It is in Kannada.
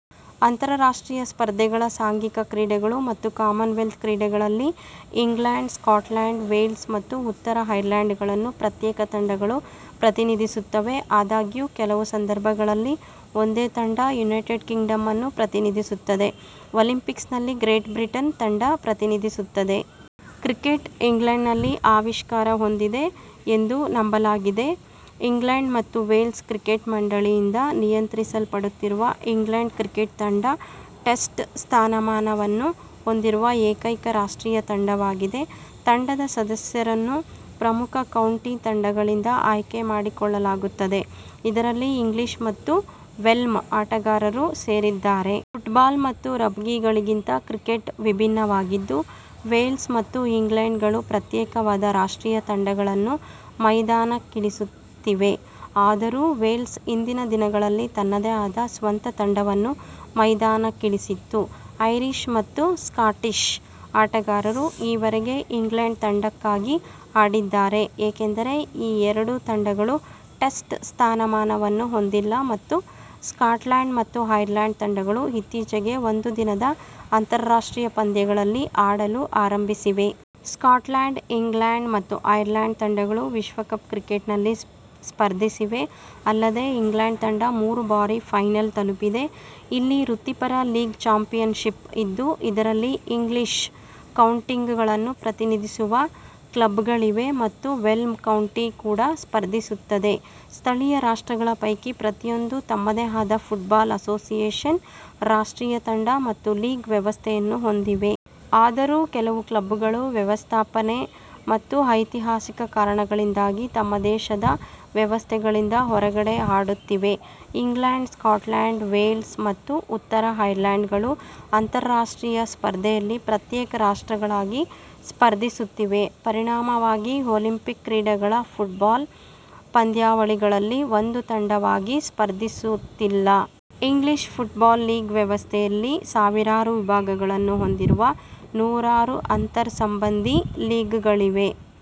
ಅಂತರರಾಷ್ಟ್ರೀಯ ಸ್ಪರ್ಧೆಗಳ ಸಾಂಘಿಕ ಕ್ರೀಡೆಗಳು ಮತ್ತು ಕಾಮನ್ವೆಲ್ತ್ ಕ್ರೀಡೆ ಗಳಲ್ಲಿ ಇಂಗ್ಲೆಂಡ್, ಸ್ಕಾಟ್ಲೆಂಡ್, ವೇಲ್ಸ್ ಮತ್ತು ಉತ್ತರ ಐರ್ಲೆಂಡ್ ಗಳನ್ನು ಪ್ರತ್ಯೇಕ ತಂಡಗಳು ಪ್ರತಿನಿಧಿಸುತ್ತವೆ. ಆದಾಗ್ಯೂ, ಕೆಲವು ಸಂದರ್ಭಗಳಲ್ಲಿ ಒಂದೇ ತಂಡ ಯುನೈಟೆಡ್ ಕಿಂಗ್ಡಂ ಅನ್ನು ಪ್ರತಿನಿಧಿಸುತ್ತದೆ, ಒಲಿಂಪಿಕ್ಸ್ ನಲ್ಲಿ ಗ್ರೇಟ್ ಬ್ರಿಟನ್ ತಂಡ ಪ್ರತಿನಿಧಿಸುತ್ತದೆ. ಕ್ರಿಕೆಟ್ ಇಂಗ್ಲೆಂಡ್ನಲ್ಲಿ ಆವಿಷ್ಕಾರ ಹೊಂದಿದೆ ಎಂದು ನಂಬಲಾಗಿದೆ. ಇಂಗ್ಲೆಂಡ್ ಮತ್ತು ವೇಲ್ಸ್ ಕ್ರಿಕೆಟ್ ಮಂಡಳಿ ಯಿಂದ ನಿಯಂತ್ರಿಸಲ್ಪಡುತ್ತಿರುವ ಇಂಗ್ಲೆಂಡ್ ಕ್ರಿಕೆಟ್ ತಂಡ ಟೆಸ್ಟ್ ಸ್ಥಾನಮಾನ ವನ್ನು ಹೊಂದಿರುವ ಏಕೈಕ ರಾಷ್ಟ್ರೀಯ ತಂಡವಾಗಿದೆ. ತಂಡದ ಸದಸ್ಯರನ್ನು ಪ್ರಮುಖ ಕೌಂಟಿ ತಂಡಗಳಿಂದ ಆಯ್ಕೆ ಮಾಡಿಕೊಳ್ಳಲಾಗುತ್ತದೆ, ಇದರಲ್ಲಿ ಇಂಗ್ಲೀಷ್ ಮತ್ತು ವೆಲ್ಶ್ ಆಟಗಾರರೂ ಸೇರಿದ್ದಾರೆ. ಫುಟ್ಬಾಲ್ ಮತ್ತು ರಗ್ಬಿಗಳಿಗಿಂತ ಕ್ರಿಕೆಟ್ ವಿಭಿನ್ನವಾಗಿದ್ದು, ವೇಲ್ಸ್ ಮತ್ತು ಇಂಗ್ಲೆಂಡ್ಗಳು ಪ್ರತ್ಯೇಕವಾದ ರಾಷ್ಟ್ರೀಯ ತಂಡಗಳನ್ನು ಮೈದಾನಕ್ಕಿಳಿಸುತ್ತಿವೆ. ಆದರೂ ವೇಲ್ಸ್ ಹಿಂದಿನ ದಿನಗಳಲ್ಲಿ ತನ್ನದೇ ಆದ ಸ್ವಂತ ತಂಡವನ್ನು ಮೈದಾನಕ್ಕಿಳಿಸಿತ್ತು. ಐರಿಷ್ ಮತ್ತು ಸ್ಕಾಟಿಷ್ ಆಟಗಾರರು ಈವರೆಗೆ ಇಂಗ್ಲೆಂಡ್ ತಂಡಕ್ಕಾಗಿ ಆಡಿದ್ದಾರೆ. ಏಕೆಂದರೆ ಈ ಎರಡು ತಂಡಗಳು ಟೆಸ್ಟ್ ಸ್ಥಾನಮಾನವನ್ನು ಹೊಂದಿಲ್ಲ ಮತ್ತು ಸ್ಕಾಟ್ಲೆಂಡ್ ಮತ್ತು ಐರ್ಲೆಂಡ್ ತಂಡಗಳು ಇತ್ತೀಚೆಗೆ ಒಂದು ದಿನದ ಅಂತರರಾಷ್ಟ್ರೀಯ ಪಂದ್ಯ ಗಳಲ್ಲಿ ಆಡಲು ಆರಂಭಿಸಿವೆ. ಸ್ಕಾಟ್ಲೆಂಡ್, ಇಂಗ್ಲೆಂಡ್ ಮತ್ತು ಐರ್ಲೆಂಡ್ ತಂಡಗಳು ವಿಶ್ವಕಪ್ ಕ್ರಿಕೆಟ್ ನಲ್ಲಿ ಸ್ಪರ್ಧಿಸಿವೆ, ಅಲ್ಲದೆ ಇಂಗ್ಲೆಂಡ್ ತಂಡ ಮೂರು ಬಾರಿ ಫೈನಲ್ ತಲುಪಿದೆ. ಇಲ್ಲಿ ವೃತ್ತಿಪರ ಲೀಗ್ ಚಾಂಪಿಯನ್ಶಿಪ್ ಇದ್ದು, ಇದರಲ್ಲಿ ಇಂಗ್ಲೀಷ್ ಕೌಂಟಿಗಳನ್ನು ಪ್ರತಿನಿಧಿಸುವ ಕ್ಲಬ್ಗಳಿವೆ ಮತ್ತು ವೆಲ್ಶ್ ಕೌಂಟಿ ಕೂಡ ಸ್ಪರ್ಧಿಸುತ್ತದೆ. ಸ್ಥಳೀಯ ರಾಷ್ಟ್ರಗಳ ಪೈಕಿ ಪ್ರತಿಯೊಂದು ತಮ್ಮದೇ ಆದ ಫುಟ್ಬಾಲ್ ಅಸೋಸಿಯೇಷನ್, ರಾಷ್ಟ್ರೀಯ ತಂಡ ಮತ್ತು ಲೀಗ್ ವ್ಯವಸ್ಥೆ ಯನ್ನು ಹೊಂದಿವೆ. ಆದರೂ ಕೆಲವು ಕ್ಲಬ್ಗಳು ವ್ಯವಸ್ಥಾಪನೆ ಮತ್ತು ಐತಿಹಾಸಿಕ ಕಾರಣಗಳಿಂದಾಗಿ ತಮ್ಮ ದೇಶದ ವ್ಯವಸ್ಥೆಗಳಿಂದ ಹೊರಗಡೆ ಆಡುತ್ತಿವೆ. ಇಂಗ್ಲೆಂಡ್, ಸ್ಕಾಟ್ಲೆಂಡ್, ವೇಲ್ಸ್ ಮತ್ತು ಉತ್ತರ ಐರ್ಲೆಂಡ್ ಗಳು ಅಂತರರಾಷ್ಟ್ರೀಯ ಸ್ಪರ್ಧೆಯಲ್ಲಿ ಪ್ರತ್ಯೇಕ ರಾಷ್ಟ್ರಗಳಾಗಿ ಸ್ಪರ್ಧಿಸುತ್ತಿವೆ, ಪರಿಣಾಮವಾಗಿ ಒಲಿಂಪಿಕ್ ಕ್ರೀಡೆ ಗಳ ಫುಟ್ಬಾಲ್ ಪಂದ್ಯಾವಳಿಗಳಲ್ಲಿ ಒಂದು ತಂಡವಾಗಿ ಸ್ಪರ್ಧಿಸುತ್ತಿಲ್ಲ. ಇಂಗ್ಲೀಷ್ ಫುಟ್ಬಾಲ್ ಲೀಗ್ ವ್ಯವಸ್ಥೆ ಯಲ್ಲಿ, ಸಾವಿರಾರು ವಿಭಾಗಗಳನ್ನು ಹೊಂದಿರುವ ನೂರಾರು ಅಂತರ್-ಸಂಬಂಧಿ ಲೀಗ್ಗಳಿವೆ.